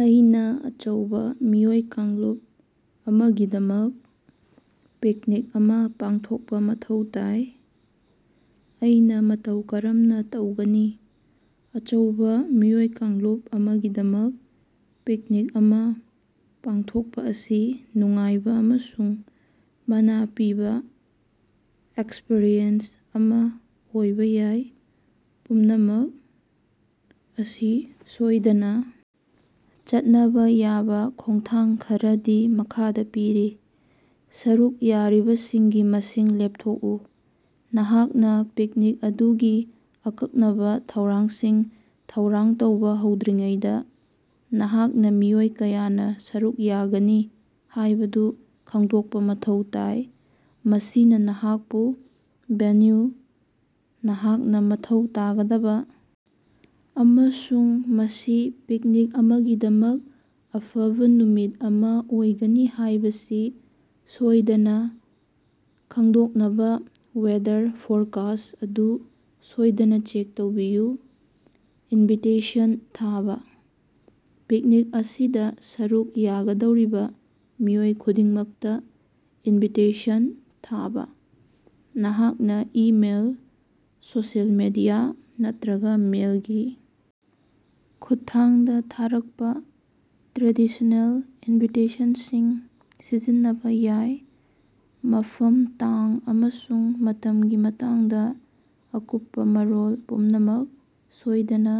ꯑꯩꯅꯥ ꯑꯆꯧꯕꯥ ꯃꯤꯑꯣꯏ ꯀꯥꯡꯂꯨꯞ ꯑꯃꯒꯤꯗꯃꯛ ꯄꯤꯛꯅꯤꯛ ꯑꯃꯥ ꯄꯥꯡꯊꯣꯛꯄꯥ ꯃꯊꯧ ꯇꯥꯏ꯫ ꯑꯩꯅꯥ ꯃꯇꯧ ꯀꯔꯝꯅꯥ ꯇꯧꯒꯅꯤ? ꯑꯆꯧꯕꯥ ꯃꯤꯑꯣꯏ ꯀꯥꯡꯂꯨꯞ ꯑꯃꯒꯤꯗꯃꯛ ꯄꯤꯛꯅꯤꯛ ꯑꯃꯥ ꯄꯥꯡꯊꯣꯛꯄꯥ ꯑꯁꯤ ꯅꯨꯡꯉꯥꯏꯕꯥ ꯑꯃꯁꯨꯡ ꯃꯅꯥ ꯄꯤꯕꯥ ꯑꯦꯛꯁꯄ꯭ꯔꯤꯌꯦꯟꯁ ꯑꯃꯥ ꯑꯣꯏꯕꯥ ꯌꯥꯏ꯫ ꯄꯨꯝꯅꯃꯛ ꯑꯁꯤ ꯁꯣꯏꯗꯅꯥ ꯆꯠꯅꯕꯥ ꯌꯥꯕꯥ ꯈꯣꯡꯊꯥꯡ ꯈꯔꯗꯤ ꯃꯈꯥꯗꯥ ꯄꯤꯔꯤ: ꯁꯔꯨꯛ ꯌꯥꯔꯤꯕꯁꯤꯡꯒꯤ ꯃꯁꯤꯡ ꯂꯦꯞꯊꯣꯛꯎ: ꯅꯍꯥꯛꯅꯥ ꯄꯤꯛꯅꯤꯛ ꯑꯗꯨꯒꯤ ꯑꯀꯛꯅꯕꯥ ꯊꯧꯔꯥꯡꯁꯤꯡ ꯊꯧꯔꯥꯡ ꯇꯧꯕꯥ ꯍꯧꯗ꯭ꯔꯤꯉꯩꯗꯥ, ꯅꯍꯥꯛꯅꯥ ꯃꯤꯑꯣꯏ ꯀꯌꯥꯅꯥ ꯁꯔꯨꯛ ꯌꯥꯒꯅꯤ ꯍꯥꯏꯕꯗꯨ ꯈꯪꯗꯣꯛꯄꯥ ꯃꯊꯧ ꯇꯥꯏ꯫ ꯃꯁꯤꯅꯥ ꯅꯍꯥꯛꯄꯨ ꯚꯦꯟꯌꯨ, ꯅꯍꯥꯛꯅꯥ ꯃꯊꯧ ꯇꯥꯒꯗꯕꯥ ꯑꯃꯁꯨꯡ ꯃꯁꯤ ꯄꯤꯛꯅꯤꯛ ꯑꯃꯒꯤꯗꯃꯛ ꯑꯐꯕꯥ ꯅꯨꯃꯤꯠ ꯑꯃꯥ ꯑꯣꯏꯒꯅꯤ ꯍꯥꯏꯕꯁꯤ ꯁꯣꯏꯗꯅꯥ ꯈꯪꯗꯣꯛꯅꯕꯥ ꯋꯦꯗꯔ ꯐꯣꯔꯀꯥꯁ ꯑꯗꯨ ꯁꯣꯏꯗꯅꯥ ꯆꯦꯛ ꯇꯧꯕꯤꯌꯨ꯫ ꯏꯟꯚꯤꯇꯦꯁꯟ ꯊꯥꯕꯥ: ꯄꯤꯛꯅꯤꯛ ꯑꯁꯤꯗꯥ ꯁꯔꯨꯛ ꯌꯥꯒꯗꯧꯔꯤꯕꯥ ꯃꯤꯑꯣꯏ ꯈꯨꯗꯤꯡꯃꯛꯇꯥ ꯏꯟꯚꯤꯇꯦꯁꯟ ꯊꯥꯕꯥ꯫ ꯅꯍꯥꯛꯅꯥ ꯏꯃꯦꯜ, ꯁꯣꯁꯤꯑꯦꯜ ꯃꯦꯗꯤꯌꯥ, ꯅꯠꯇ꯭ꯔꯒꯥ ꯃꯦꯜꯒꯤ ꯈꯨꯠꯊꯥꯡꯗꯥ ꯊꯥꯔꯛꯄꯥ ꯇ꯭ꯔꯦꯗꯤꯁꯅꯦꯜ ꯏꯟꯚꯤꯇꯦꯁꯟꯁꯤꯡ ꯁꯤꯖꯤꯟꯅꯕꯥ ꯌꯥꯏ꯫ ꯃꯐꯝ, ꯇꯥꯡ ꯑꯃꯁꯨꯡ ꯃꯇꯝꯒꯤ ꯃꯇꯥꯡꯗꯥ ꯑꯀꯨꯞꯄꯥ ꯃꯔꯣꯜ ꯄꯨꯝꯅꯃꯛ ꯁꯣꯏꯗꯅꯥ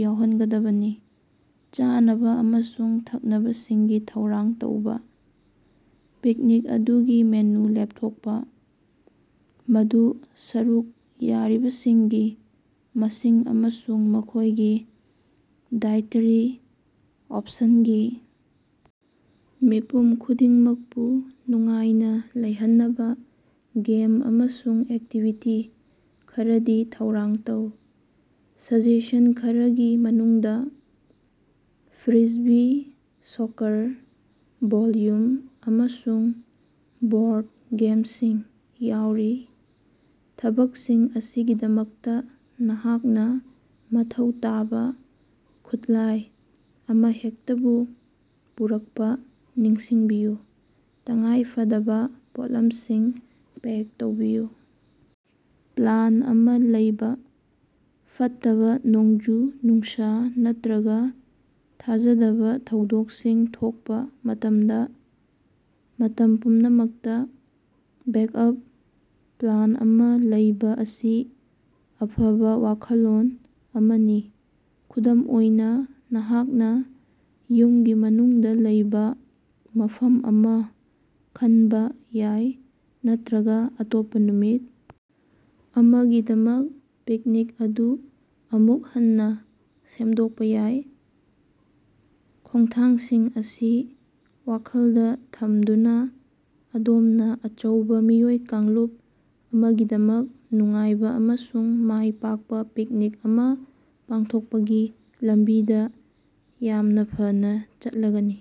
ꯌꯥꯎꯍꯟꯒꯗꯕꯅꯤ꯫ ꯆꯥꯅꯕꯥ ꯑꯃꯁꯨꯡ ꯊꯛꯅꯕꯁꯤꯡꯒꯤ ꯊꯧꯔꯥꯡ ꯇꯧꯕꯥ: ꯄꯤꯛꯅꯤꯛ ꯑꯗꯨꯒꯤ ꯃꯦꯅꯨ ꯂꯦꯞꯊꯣꯛꯄꯥ, ꯃꯗꯨ ꯁꯔꯨꯛ ꯌꯥꯔꯤꯕꯁꯤꯡꯒꯤ ꯃꯁꯤꯡ ꯑꯃꯁꯨꯡ ꯃꯈꯣꯏꯒꯤ ꯗꯥꯏꯠꯇꯔꯤ ꯑꫭꯞꯁꯟꯒꯤ ꯃꯤꯄꯨꯝ ꯈꯨꯗꯤꯡꯃꯛꯄꯨ ꯅꯨꯡꯉꯥꯏꯅꯥ ꯂꯩꯍꯟꯅꯕꯥ ꯒꯦꯝ ꯑꯃꯁꯨꯡ ꯑꯦꯛꯇꯤꯚꯤꯇꯤ ꯈꯔꯗꯤ ꯊꯧꯔꯥꯡ ꯇꯧ꯫ ꯁꯖꯦꯁꯟ ꯈꯔꯒꯤ ꯃꯅꯨꯡꯗꯥ ꯐ꯭ꯔꯤꯁꯕꯤ, ꯁꯣꯀꯔ, ꯚꯣꯜꯌꯨꯝ, ꯑꯃꯁꯨꯡ ꯕꯣꯔꯗ ꯒꯦꯝꯁꯤꯡ ꯌꯥꯎꯔꯤ꯫ ꯊꯕꯛꯁꯤꯡ ꯑꯁꯤꯒꯤꯗꯃꯛꯇꯥ ꯅꯍꯥꯛꯅꯥ ꯃꯊꯧ ꯇꯥꯕꯥ ꯈꯨꯠꯂꯥꯏ ꯑꯃꯍꯦꯛꯇꯕꯨ ꯄꯨꯔꯛꯄꯥ ꯅꯤꯡꯁꯤꯡꯕꯤꯌꯨ꯫ ꯇꯉꯥꯏꯐꯗꯕꯥ ꯄꯣꯠꯂꯝꯁꯤꯡ ꯄꯦꯛ ꯇꯧꯕꯤꯌꯨ: ꯄ꯭ꯂꯥꯟ ꯑꯃꯥ ꯂꯩꯕꯥ: ꯐꯠꯇꯕꯥ ꯅꯣꯡꯖꯨ-ꯅꯨꯡꯁꯥ ꯅꯠꯇ꯭ꯔꯒꯥ ꯊꯥꯖꯗꯕꯥ ꯊꯧꯗꯣꯛꯁꯤꯡ ꯊꯣꯛꯄꯥ ꯃꯇꯝꯗꯥ, ꯃꯇꯝ ꯄꯨꯝꯅꯃꯛꯇꯥ ꯕꯦꯛꯑꯞ ꯄ꯭ꯂꯥꯟ ꯑꯃꯥ ꯂꯩꯕꯥ ꯑꯁꯤ ꯑꯐꯕꯥ ꯋꯥꯈꯜꯂꯣꯟ ꯑꯃꯅꯤ꯫ ꯈꯨꯗꯝ ꯑꯣꯏꯅꯥ, ꯅꯍꯥꯛꯅꯥ ꯌꯨꯝꯒꯤ ꯃꯅꯨꯡꯗꯥ ꯂꯩꯕꯥ ꯃꯐꯝ ꯑꯃꯥ ꯈꯟꯕꯥ ꯌꯥꯏ ꯅꯠꯇ꯭ꯔꯒꯥ ꯑꯇꯣꯞꯄꯥ ꯅꯨꯃꯤꯠ ꯑꯃꯒꯤꯗꯃꯛ ꯄꯤꯛꯅꯤꯛ ꯑꯗꯨ ꯑꯃꯨꯛ ꯍꯟꯅꯥ ꯁꯦꯝꯗꯣꯛꯄꯥ ꯌꯥꯏ꯫ ꯈꯣꯡꯊꯥꯡꯁꯤꯡ ꯑꯁꯤ ꯋꯥꯈꯜꯗꯥ ꯊꯝꯗꯨꯅꯥ, ꯑꯗꯣꯝꯅꯥ ꯑꯆꯧꯕꯥ ꯃꯤꯑꯣꯏ ꯀꯥꯡꯂꯨꯞ ꯑꯃꯒꯤꯗꯃꯛ ꯅꯨꯡꯉꯥꯏꯕꯥ ꯑꯃꯁꯨꯡ ꯃꯥꯏ ꯄꯥꯛꯄꯥ ꯄꯤꯛꯅꯤꯛ ꯑꯃꯥ ꯄꯥꯡꯊꯣꯛꯄꯒꯤ ꯂꯝꯕꯤꯗꯥ ꯌꯥꯝꯅꯥ ꯐꯅꯥ ꯆꯠꯂꯒꯅꯤ꯫